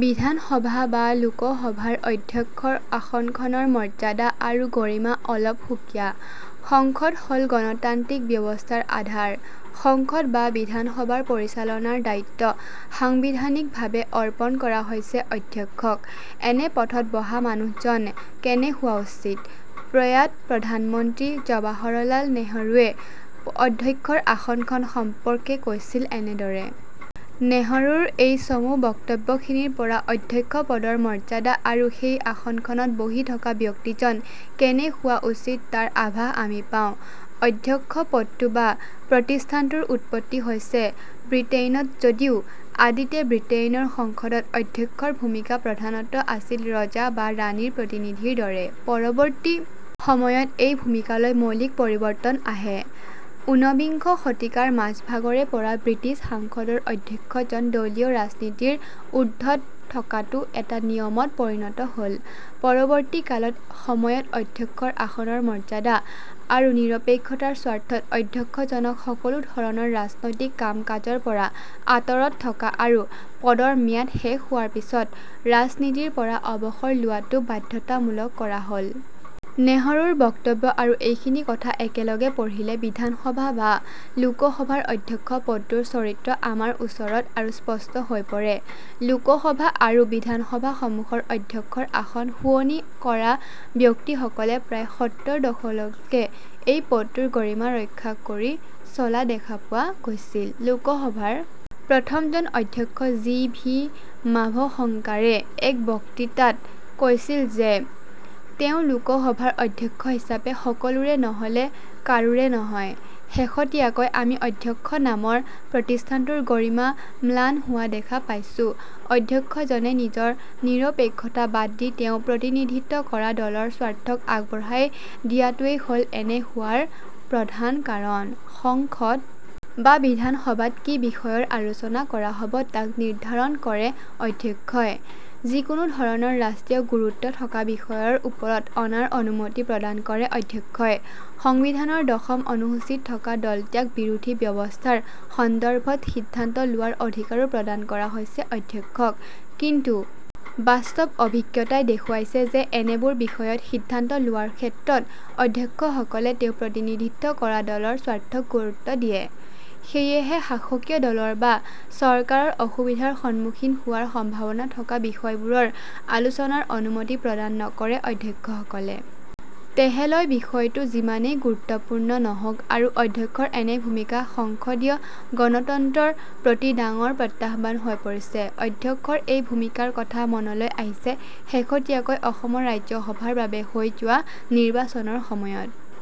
বিধানসভা বা লোকসভাৰ অধ্যক্ষৰ আসনখনৰ মৰ্যাদা আৰু গৰিমা অলপ সুকীয়া। সংসদ হ'ল গণতান্ত্ৰিক ব্যৱস্থাৰ আধাৰ। সংসদ বা বিধানসভাৰ পৰিচালনাৰ দায়িত্ব সাংবিধানিকভাৱে অৰ্পণ কৰা হৈছে অধ্যক্ষক। এনে পথত বহা মানুহজন কেনে হোৱা উচিত? প্ৰয়াত প্ৰধানমন্ত্ৰী জৱাহৰলাল নেহৰুৱে অধ্যক্ষৰ আসনখন সম্পৰ্কে কৈছিল এনেদৰে। নেহৰুৰ এই চমু বক্তব্যখিনিৰ পৰা অধ্যক্ষ পদৰ মৰ্যাদা আৰু সেই আসনখনত বহি থকা ব্যক্তিজন কেনে হোৱা উচিত তাৰ আভাস আমি পাওঁ। অধ্যক্ষ পদটো বা প্ৰতিষ্ঠানটোৰ উৎপত্তি হৈছে বৃটেইনত‌ যদিও আদিতে বৃটেইনৰ সংসদত অধ্যক্ষৰ ভূমিকা প্ৰধানতঃ আছিল ৰজা বা ৰাণীৰ প্ৰতিনিধিৰ দৰে। পৰৱৰ্তী সময়ত এই ভূমিকালৈ মৌলিক পৰিৱৰ্তন আহে। উনবিংশ শতিকাৰ মাজভাগৰে পৰা বৃটিছ সাংসদৰ অধ্যক্ষজন দলীয় ৰাজনীতিৰ উৰ্দ্ধত থকাটো এটা নিয়মত পৰিণত হ'ল। পৰৱৰ্তীকালত সময়ত অধ্যক্ষৰ আসনৰ মৰ্যাদা আৰু নিৰপেক্ষতাৰ স্বাৰ্থত অধ্যক্ষজনক সকলো ধৰণৰ ৰাজনৈতিক কাম কাজৰ পৰা আঁতৰত থকা আৰু পদৰ ম্যাদ শেষ হোৱাৰ পাছত ৰাজনীতিৰ পৰা অৱসৰ লোৱাটো বাধ্যতামূলক কৰা হ'ল। নেহৰুৰ বক্তব্য আৰু এইখিনি কথা একেলগে পঢ়িলে বিধানসভা বা লোকসভাৰ অধ্যক্ষ পদটোৰ চৰিত্ৰ আমাৰ ওচৰত আৰু স্পষ্ট হৈ পৰে। লোকসভা আৰু বিধানসভাসমূহৰ অধ্যক্ষৰ আসন শুৱনি কৰা ব্যক্তিসকলে প্ৰায় সত্তৰ দশকলৈকে এই পদটোৰ গৰিমা ৰক্ষা কৰি চলা দেখা পোৱা গৈছিল। লোকসভাৰ প্ৰথমজন অধ্যক্ষ জি ভি মাভসংকাৰে এক বক্তৃতাত কৈছিল যে তেওঁ লোকসভাৰ অধ্যক্ষ হিচাপে সকলোৰে নহ'লে কাৰোৰে নহয়। শেহতীয়াকৈ আমি অধ্যক্ষ নামৰ প্ৰতিষ্ঠানটোৰ গৰিমা ম্লান হোৱা দেখা পাইছোঁ। অধ্যক্ষজনে নিজৰ নিৰপেক্ষতা বাদ দি তেওঁ প্ৰতিনিধিত্ব কৰা দলৰ স্বাৰ্থক আগবঢ়াই দিয়াটোৱেই হ'ল এনে হোৱাৰ প্ৰধান কাৰণ। সংসদ বা বিধানসভাত কি বিষয়ৰ আলোচনা কৰা হ'ব তাক নিৰ্দ্ধাৰণ কৰে অধ্যক্ষই। যিকোনো ধৰণৰ ৰাষ্ট্ৰীয় গুৰুত্ব থকা বিষয়ৰ ওপৰত অনাৰ অনুমতি প্ৰদান কৰে অধ্যক্ষই। সংবিধানৰ দশম অনুসূচীত থকা দলত্যাগ বিৰোধী ব্যৱস্থাৰ সন্দৰ্ভত সিদ্ধান্ত লোৱাৰ অধিকাৰো প্ৰদান কৰা হৈছে অধ্যক্ষক। কিন্তু বাস্তৱ অভিজ্ঞতাই দেখুৱাইছে যে এনেবোৰ বিষয়ত সিদ্ধান্ত লোৱাৰ ক্ষেত্ৰত অধ্যক্ষসকলে তেওঁ প্ৰতিনিধিত্ব কৰা দলৰ স্বাৰ্থক গুৰুত্ব দিয়ে। সেয়েহে শাসকীয় দলৰ বা চৰকাৰ অসুবিধাৰ সন্মুখীন হোৱাৰ সম্ভাৱনা থকা বিষয়বোৰৰ আলোচনাৰ অনুমতি প্ৰদান নকৰে অধ্যক্ষসকলে। তেহেলৈ বিষয়টো যিমানেই গুৰুত্বপূৰ্ণ নহওক আৰু অধ্যক্ষৰ এনে ভূমিকা সংসদীয় গণতন্ত্ৰৰ প্ৰতি ডাঙৰ প্ৰত্যাহ্বান হৈ পৰিছে। অধ্যক্ষৰ এই ভূমিকাৰ কথা মনলৈ আহিছে শেহতীয়াকৈ অসমৰ ৰাজ্যসভাৰ বাবে হৈ যোৱা নিৰ্বাচনৰ সময়ত।